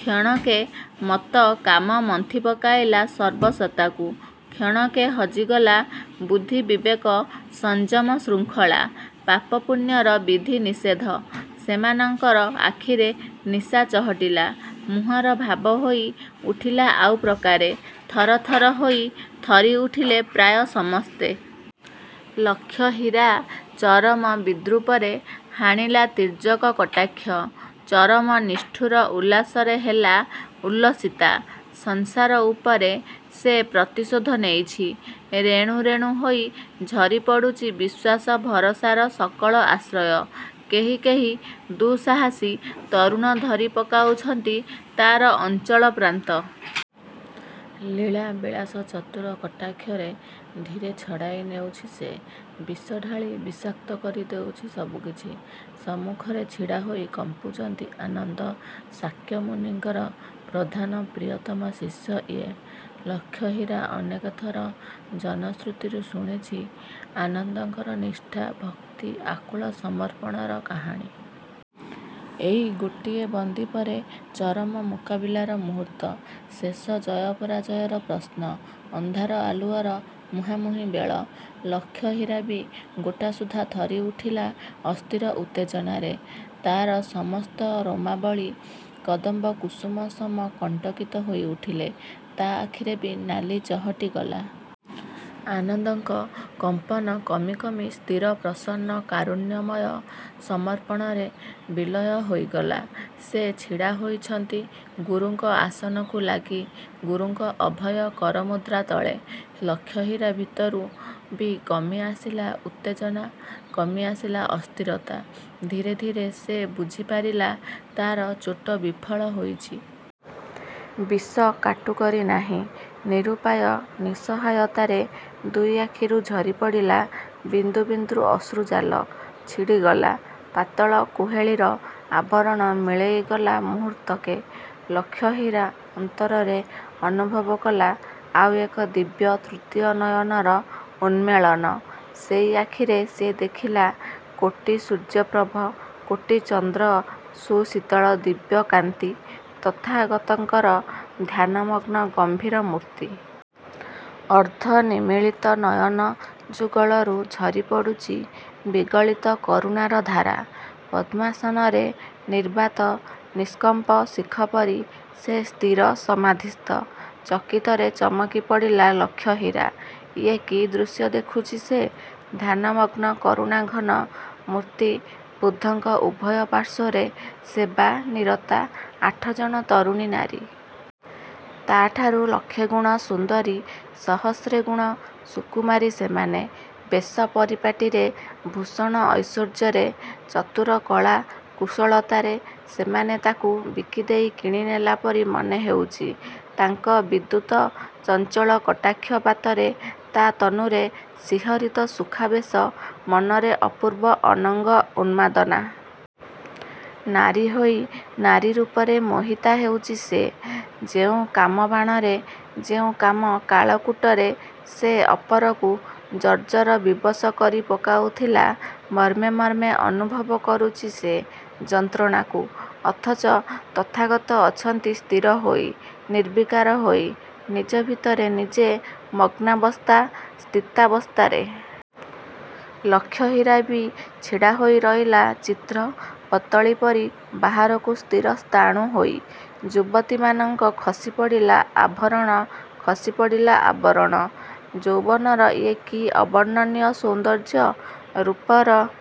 କ୍ଷଣକେ ମତ୍ତ କାମ ମନ୍ଥି ପକାଇଲା ସର୍ବ ସତ୍ତାକୁ। କ୍ଷଣକେ ହଜିଗଲା ବୁଦ୍ଧି ବିବେକ ସଂଯମ ଶୃଙ୍ଖଳା, ପାପ ପୁଣ୍ୟର ବିଧି ନିଷେଧ। ସେମାନଙ୍କର ଆଖିରେ ନିଶାଚହଟିଲା। ମୁହଁର ଭାବ ହୋଇ ଉଠିଲା ଆଉ ପ୍ରକାରେ। ଥର ଥର ହୋଇ ଥରି ଉଠିଲେ ପ୍ରାୟ ସମସ୍ତେ। ଲକ୍ଷହୀରା ଚରମ ବିଦୃପରେ ହାଣିଲା ତିର୍ଯ୍ୟକ କଟାକ୍ଷ। ଚରମ ନିଷ୍ଠୁର ଉଲ୍ଲାସରେ ହେଲା ଉଲ୍ଲସିତା। ସଂସାର ଉପରେ ସେ ପ୍ରତିଶୋଧ ନେଇଛି। ରେଣୁ ରେଣୁ ହୋଇ ଝରି ପଡ଼ୁଚି ବିଶ୍ୱାସ ଭରସାର ସକଳ ଆଶ୍ରୟ। କେହି କେହି ଦୁଃସାହସୀ ତରୁଣ ଧରି ପକାଉଛନ୍ତି ତା'ର ଅଞ୍ଚଳ ପ୍ରାନ୍ତ। ଲୀଳା ବିଳାସ ଚତୁର କଟାକ୍ଷରେ ଧୀରେ ଛଡ଼ାଇ ନେଉଛି ସେ। ବିଷ ଢାଳି ବିଷାକ୍ତ କରି ଦେଉଛି ସବୁକିଛି। ସମ୍ମୁଖରେ ଛିଡ଼ା ହୋଇ କମ୍ପୁଛନ୍ତି ଆନନ୍ଦ– ଶାକ୍ୟ ମୁନିଙ୍କର ପ୍ରଧାନ ପ୍ରିୟତମ ଶିଶ୍ୟ ୟେ। ଲକ୍ଷହୀରା ଅନେକଥର ଜନଶ୍ରୁତିରୁ ଶୁଣିଚି ଆନନ୍ଦଙ୍କର ନିଷ୍ଠା, ଭକ୍ତି ଆକୁଳ ସମର୍ପଣର କାହାଣୀ। ଏଇ ଗୋଟିଏ ବନ୍ଦୀ ପରେ ଚରମ ମୁକାବିଲାର ମୁହୂର୍ତ୍ତ। ଶେଷ ଜୟ ପରାଜୟର ପ୍ରଶ୍ନ-। ଅନ୍ଧାର ଆଲୁଅର ମୁହାଁମୁହିଁ ବେଳ। ଲକ୍ଷହୀରା ବି ଗୋଟା ସୁଦ୍ଧା ଥରି ଉଠିଲା ଅସ୍ଥିର ଉତ୍ତେଜନାରେ। ତା'ର ସମସ୍ତ ରୋମାବଳୀ କଦମ୍ବ କୁସୁମ ସମ କଣ୍ଟକିତ ହୋଇ ଉଠିଲେ। ତା' ଆଖିରେ ବି ନାଲି ଚହଟି ଗଲା। ଆନନ୍ଦଙ୍କ କମ୍ପନ କମି କମି ସ୍ଥିର ପ୍ରସନ୍ନ କାରୁଣ୍ୟମୟ ସମର୍ପଣରେ ବିଲୟ ହୋଇଗଲା-। ସେ ଛିଡ଼ା ହୋଇଛନ୍ତି ଗୁରୁଙ୍କ ଆସନକୁ ଲାଗି, ଗୁରୁଙ୍କ ଅଭୟ କରମୁଦ୍ରା ତଳେ। ଲକ୍ଷହୀରା ଭିତରୁ ବି କମି ଆସିଲା ଉତ୍ତେଜନା କମି ଆସିଲା ଅସ୍ଥିରତା। ଧୀରେ ଧୀରେ ସେ ବୁଝିପାରିଲା ତା'ର ଚୋଟ ବିଫଳ ହୋଇଚି। ବିଷ କାଟୁ କରି ନାହିଁ। ନିରୂପାୟ ନିଃସହାୟତାରେ ଦୁଇ ଆଖିରୁ ଝରି ପଡ଼ିଲା ବିନ୍ଦୁ ବିନ୍ଦୁ ଅଶ୍ରୁ ଜାଲ ଛିଡ଼ିଗଲା... ପାତଳ କୁହେଳିର ଆବରଣ ମିଳାଇଗଲା ମୁହୂର୍ତ୍ତକେ। ଲକ୍ଷହୀରା ଅନ୍ତରରେ ଅନୁଭବ କଲା ଆଉ ଏକ ଦିବ୍ୟ ତୃତୀୟ ନୟନର ଉନ୍ମେଳନ। ସେଇ ଆଖିରେ ସେ ଦେଖିଲା କୋଟି ସୂର୍ଯ୍ୟପ୍ରଭ କୋଟି ଚନ୍ଦ୍ରସୁଶୀତଳ ଦିବ୍ୟ କାନ୍ତି–ତଥାଗତଙ୍କର ଧ୍ୟାନ ମଗ୍ନ ଗମ୍ଭୀର ମୂର୍ତ୍ତି। ଅର୍ଦ୍ଧ ନିମୀଳିତ ନୟନ ଯୁଗଳରୁ ଝରି ପଡ଼ୁଚି ବିଗଳିତ କରୁଣାର ଧାରା। ପଦ୍ମାସନରେ ନିର୍ବାତ ନିଷ୍କମ୍ପ ଶିଖ ପରି ସେ ସ୍ଥିର ସମାଧିସ୍ଥ। ଚକିତରେ ଚମକି ପଡ଼ିଲା ଲକ୍ଷହୀରା। ୟେ କି ଦୃଶ୍ୟ ଦେଖୁଚି ସେ! ଧ୍ୟାନମଗ୍ନ କରୁଣାଘନ–ମୂର୍ତ୍ତି ବୁଦ୍ଧଙ୍କ ଉଭୟ ପାର୍ଶ୍ୱରେ ସେବା-ନିରତା ଆଠଜଣ ତରୁଣୀ ନାରୀ। ତା'ଠାରୁ ଲକ୍ଷେଗୁଣ ସୁନ୍ଦରୀ ସହସ୍ରେ ଗୁଣ ସୁକୁମାରୀ ସେମାନେ। ବେଶ ପରିପାଟିରେ, ଭୂଷଣ ଐଶ୍ୱର୍ଯ୍ୟରେ, ଚତୁର କଳା କୁଶଳତାରେ ସେମାନେ ତାକୁ ବିକିଦେଇ କିଣିନେଲା ପରି ମନେ ହେଉଚି। ତାଙ୍କ ବିଦ୍ୟୁତ ଚଞ୍ଚଳ କଟାକ୍ଷ ପାତରେ, ତା' ତନୁରେ ଶିହରୀତ ସୁଖାବେଶ, ମନରେ ଅପୂର୍ବ ଅନଙ୍ଗ ଉନ୍ମାଦନା। ନାରୀ ହୋଇ ନାରୀ ରୂପରେ ମୋହିତା ହେଉଛି ସେ। ଯେଉଁ କାମ ବାଣରେ, ଯେଉଁ କାମ କାଳକୂଟରେ ସେ ଅପରକୁ ଜର୍ଜର ବିବସ କରି ପକାଉଥିଲା ମର୍ମେ ମର୍ମେ ଅନୁଭବ କରୁଚି ସେ ଯନ୍ତ୍ରଣାକୁ। ଅଥଚ ତଥାଗତ ଅଛନ୍ତି ସ୍ଥିର ହୋଇ, ନିର୍ବିକାର ହୋଇ, ନିଜ ଭିତରେ ନିଜେ ମଗ୍ନାବସ୍ଥା ସ୍ଥିତାବସ୍ଥାରେ। ଲକ୍ଷହୀରା ବି ଛିଡ଼ା ହୋଇ ରହିଲା ଚିତ୍ର-ପତ୍ତଳୀପରି ବାହାରକୁ ସ୍ଥିର ସ୍ଥାଣୁ ହୋଇ। ଯୁବତୀମାନଙ୍କ ଖସି ପଡ଼ିଲା ଆଭରଣ ଖସି ପଡ଼ିଲା ଆବରଣ। ଯୌବନର ୟେ କି ଅବର୍ଣ୍ଣନୀୟ ସୌନ୍ଦର୍ଯ୍ୟ? ରୂପର